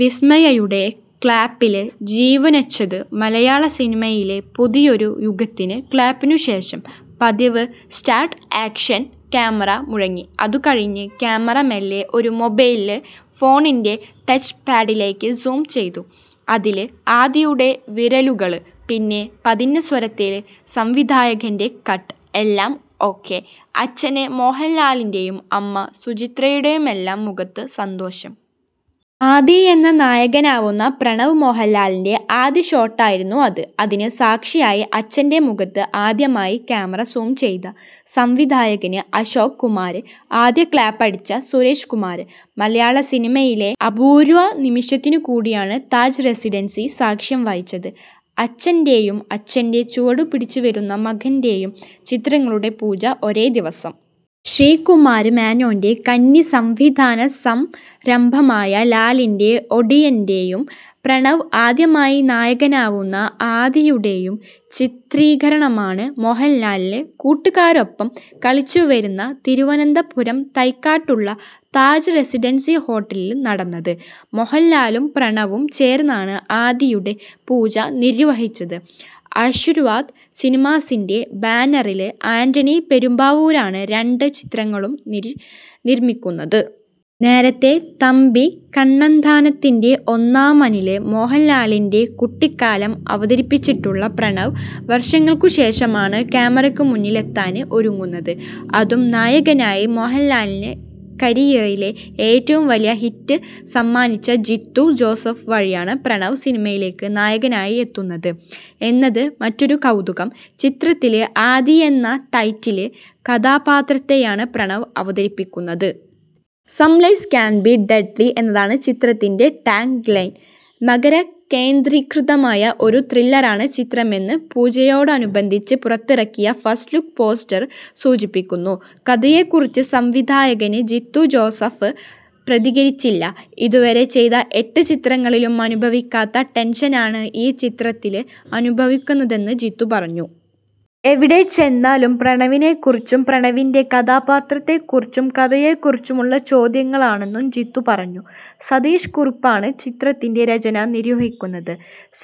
വിസ്മയയുടെ ക്ലാപ്പില് ജീവന്വച്ചത് മലയാള സിനിമയിലെ പുതിയൊരു യുഗത്തിന്. ക്ലാപ്പിനുശേഷം പതിവ് സ്റ്റാര്ട്ട് ആക്ഷന് ക്യാമറ മുഴങ്ങി. അതുകഴിഞ്ഞ് ക്യാമറ മെല്ലെ ഒരു മൊബൈല് ഫോണിന്റെ ടച്ച്പാഡിലേയ്ക്ക് സൂം ചെയ്തു. അതില് ആദിയുടെ വിരലുകള്. പിന്നെ പതിഞ്ഞ സ്വരത്തില് സംവിധായകന്റെ കട്ട്. എല്ലാം ഓക്കെ. അച്ഛന് മോഹന്ലാലിന്റെയും അമ്മ സുചിത്രയുടെയുമെല്ലാം മുഖത്ത് സന്തോഷം. ആദി എന്ന നായകനാവുന്ന പ്രണവ് മോഹന്ലാലിന്റെ ആദ്യ ഷോട്ടായിരുന്നു അത്. അതിന് സാക്ഷിയായി അച്ഛന്റെ മുഖത്ത് ആദ്യമായി ക്യാമറ സൂം ചെയ്ത സംവിധായകന് അശോക് കുമാര്, ആദ്യ ക്ലാപ്പടിച്ച സുരേഷ്കുമാര്. മലയാള സിനിമയിലെ അപൂര്വ നിമിഷത്തിനുകൂടിയാണ് താജ് റെസിഡന്സി സാക്ഷ്യം വഹിച്ചത്. അച്ഛന്റെയും അച്ഛന്റെ ചുവടുപിടിച്ചുവരുന്ന മകന്റെയും ചിത്രങ്ങളുടെ പൂജ ഒരേദിവസം. ശ്രീകുമാര് മേനോന്റെ കന്നി സംവിധാന സംരംഭമായ ലാലിന്റെ ഒടിയന്റെയും പ്രണവ് ആദ്യമായി നായകനാവുന്ന ആദിയുടെയും ചിത്രീകരണമാണ് മോഹന്ലാല് കൂട്ടുകാര്ക്കൊപ്പം കളിച്ചുവളര്ന്ന തിരുവനന്തപുരം തൈക്കാട്ടുള്ള താജ് റെസിഡന്സി ഹോട്ടലില് നടന്നത്. മോഹന്ലാലും പ്രണവും ചേര്ന്നാണ് ആദിയുടെ പൂജ നിര്വഹിച്ചത്. ആശിര്വാദ് സിനിമാസിന്റെ ബാനറില് ആന്റണി പെരുമ്പാവൂരാണ് രണ്ട് ചിത്രങ്ങളും നിര്മിക്കുന്നത്. നേരത്തെ തമ്പി കണ്ണന്താനത്തിന്റെ ഒന്നാമനില് മോഹന്ലാലിന്റെ കുട്ടിക്കാലം അവതരിപ്പിച്ചിട്ടുള്ള പ്രണവ് വര്ഷങ്ങള്ക്കുശേഷമാണ് ക്യാമറയ്ക്ക് മുന്നിലെത്താന് ഒരുങ്ങുന്നത്. അതും നായകനായി. മോഹന്ലാലിന് കരിയറിലെ ഏറ്റവും വലിയ ഹിറ്റ് സമ്മാനിച്ച ജീത്തു ജോസഫ് വഴിയാണ് പ്രണവ് സിനിമയില് നായകനായെത്തുന്നത് എന്നത് മറ്റൊരു കൗതുകം. ചിത്രത്തില് ആദി എന്ന ടൈറ്റില് കഥാപാത്രത്തെയാണ് പ്രണവ് അവതരിപ്പിക്കുന്നത്. Some lies can be deadly എന്നതാണ് ചിത്രത്തിന്റെ ടാഗ്ലൈൻ. നഗരകേന്ദ്രീകൃതമായ ഒരു ത്രില്ലറാണ് ചിത്രമെന്ന് പൂജയോടനുബന്ധിച്ച് പുറത്തിറക്കിയ ഫസ്റ്റ്ലുക്ക് പോസ്റ്റര് സൂചിപ്പിക്കുന്നു. കഥയെക്കുറിച്ച് സംവിധായകന് ജീത്തു ജോസഫ് പ്രതികരിച്ചില്ല. ഇതുവരെ ചെയ്ത എട്ട് ചിത്രങ്ങളിലും അനുഭവിക്കാത്ത ടെന്ഷനാണ് ഈ ചിത്രത്തില് അനുഭവിക്കുന്നതെന്ന് ജീത്തു പറഞ്ഞു. എവിടെ ചെന്നാലും പ്രണവിനെക്കുറിച്ചും പ്രണവിന്റെ കഥാപാത്രത്തെക്കുറിച്ചും കഥയെക്കുറിച്ചുമുള്ള ചോദ്യങ്ങളാണെന്നും ജീത്തു പറഞ്ഞു. സതീഷ് കുറുപ്പാണ് ചിത്രത്തിന്റെ രചന നിര്വഹിക്കുന്നത്.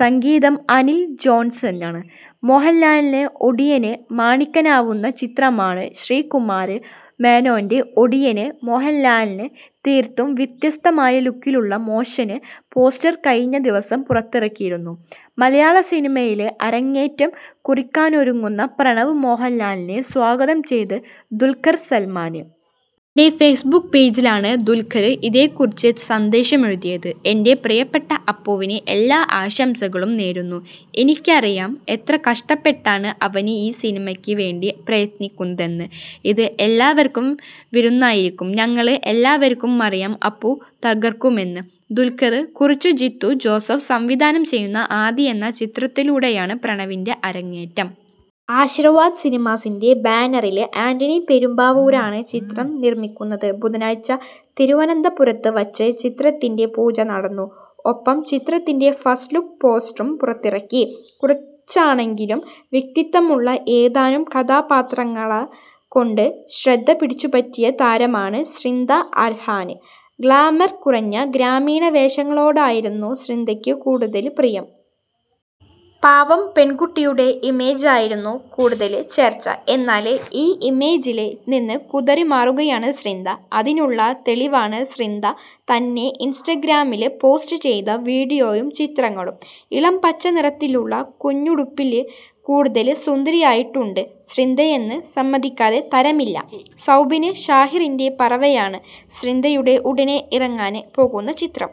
സംഗീതം:അനില് ജോണ്സണ്. മോഹന്ലാല് ഒടിയന് മാണിക്കനാവുന്ന ചിത്രമാണ് ശ്രീകുമാര് മേനോന്റെ ഒടിയന്. മോഹന്ലാല് തീര്ത്തും വ്യത്യസ്തമായ ലുക്കിലുള്ള മോഷന് പോസ്റ്റര് കഴിഞ്ഞ ദിവസം പുറത്തിറക്കിയിരുന്നു. മലയാള സിനിമയില് അരങ്ങേറ്റം കുറിക്കാനൊരുങ്ങുന്ന പ്രണവ് മോഹന്ലാലിനെ സ്വാഗതം ചെയ്ത് ദുല്ഖര് സല്മാന്. തന്റെ ഫെയ്സ്ബുക്ക് പേജിലാണ് ദുല്ഖര് ഇതെക്കുറിച്ച് സന്ദേശമെഴുതിയത്. 'എന്റെ പ്രിയപ്പെട്ട അപ്പുവിന് എല്ലാ ആശംസകളും നേരുന്നു. എനിക്കറിയാം എത്ര കഷ്ടപ്പെട്ടാണ് അവന് ഈ സിനിമയ്ക്ക് വേണ്ടി പ്രയത്നിക്കുന്നതെന്ന്. ഇത് എല്ലാവര്ക്കും വിരുന്നായിരിക്കും. ഞങ്ങള് എല്ലാവര്ക്കും അറിയാം, അപ്പു തകര്ക്കുമെന്ന്' ദുല്ഖര് കുറിച്ചു. ജീത്തു ജോസഫ് സംവിധാനം ചെയ്യുന്ന ആദി എന്ന ചിത്രത്തിലൂടെയാണ് പ്രണവിന്റെ അരങ്ങേറ്റം. ആശിര്വാദ് സിനിമാസിന്റെ ബാനറില് ആന്റണി പെരുമ്പാവൂരാണ് ചിത്രം നിര്മിക്കുന്നത്. ബുധനാഴ്ച തിരുവനന്തപുരത്ത് വച്ച് ചിത്രത്തിന്റെ പൂജ നടന്നു. ഒപ്പം ചിത്രത്തിന്റെ ഫസ്റ്റ്ലുക്ക് പോസ്റ്ററും പുറത്തിറക്കി. കുറച്ചാണെങ്കിലും വ്യക്തിത്വമുള്ള ഏതാനും കഥാപാത്രങ്ങള് കൊണ്ട് ശ്രദ്ധ പിടിച്ചുപറ്റിയ താരമാണ് സ്രിന്ധ അര്ഹാന്. ഗ്ലാമര് കുറഞ്ഞ ഗ്രാമീണ വേഷങ്ങളോടായിരുന്നു സ്രിന്ധയ്ക്ക് കൂടുതല് പ്രിയം. പാവം പെണ്കുട്ടിയുടെ ഇമേജായിരുന്നു കൂടുതല് ചേര്ച്ച. എന്നാല്, ഈ ഇമേജില് നിന്ന് കുതറിമാറുകയാണ് സ്രിന്ധ. അതിനുള്ള തെളിവാണ് സ്രിന്ധ തന്നെ ഇന്സ്റ്റഗ്രാമില് പോസ്റ്റ് ചെയ്ത വീഡിയോയും ചിത്രങ്ങളും. ഇളംപച്ച നിറത്തിലുള്ള കുഞ്ഞുടുപ്പില് കൂടുതല് സുന്ദരിയായിട്ടുണ്ട് സ്രിന്ധയെന്ന് സമ്മതിക്കാതെ തരമില്ല. സൗബിന് ഷാഹിറിന്റെ പറവയാണ് സ്രിന്ധയുടെ ഉടനെ ഇറങ്ങാന് പോകുന്ന ചിത്രം.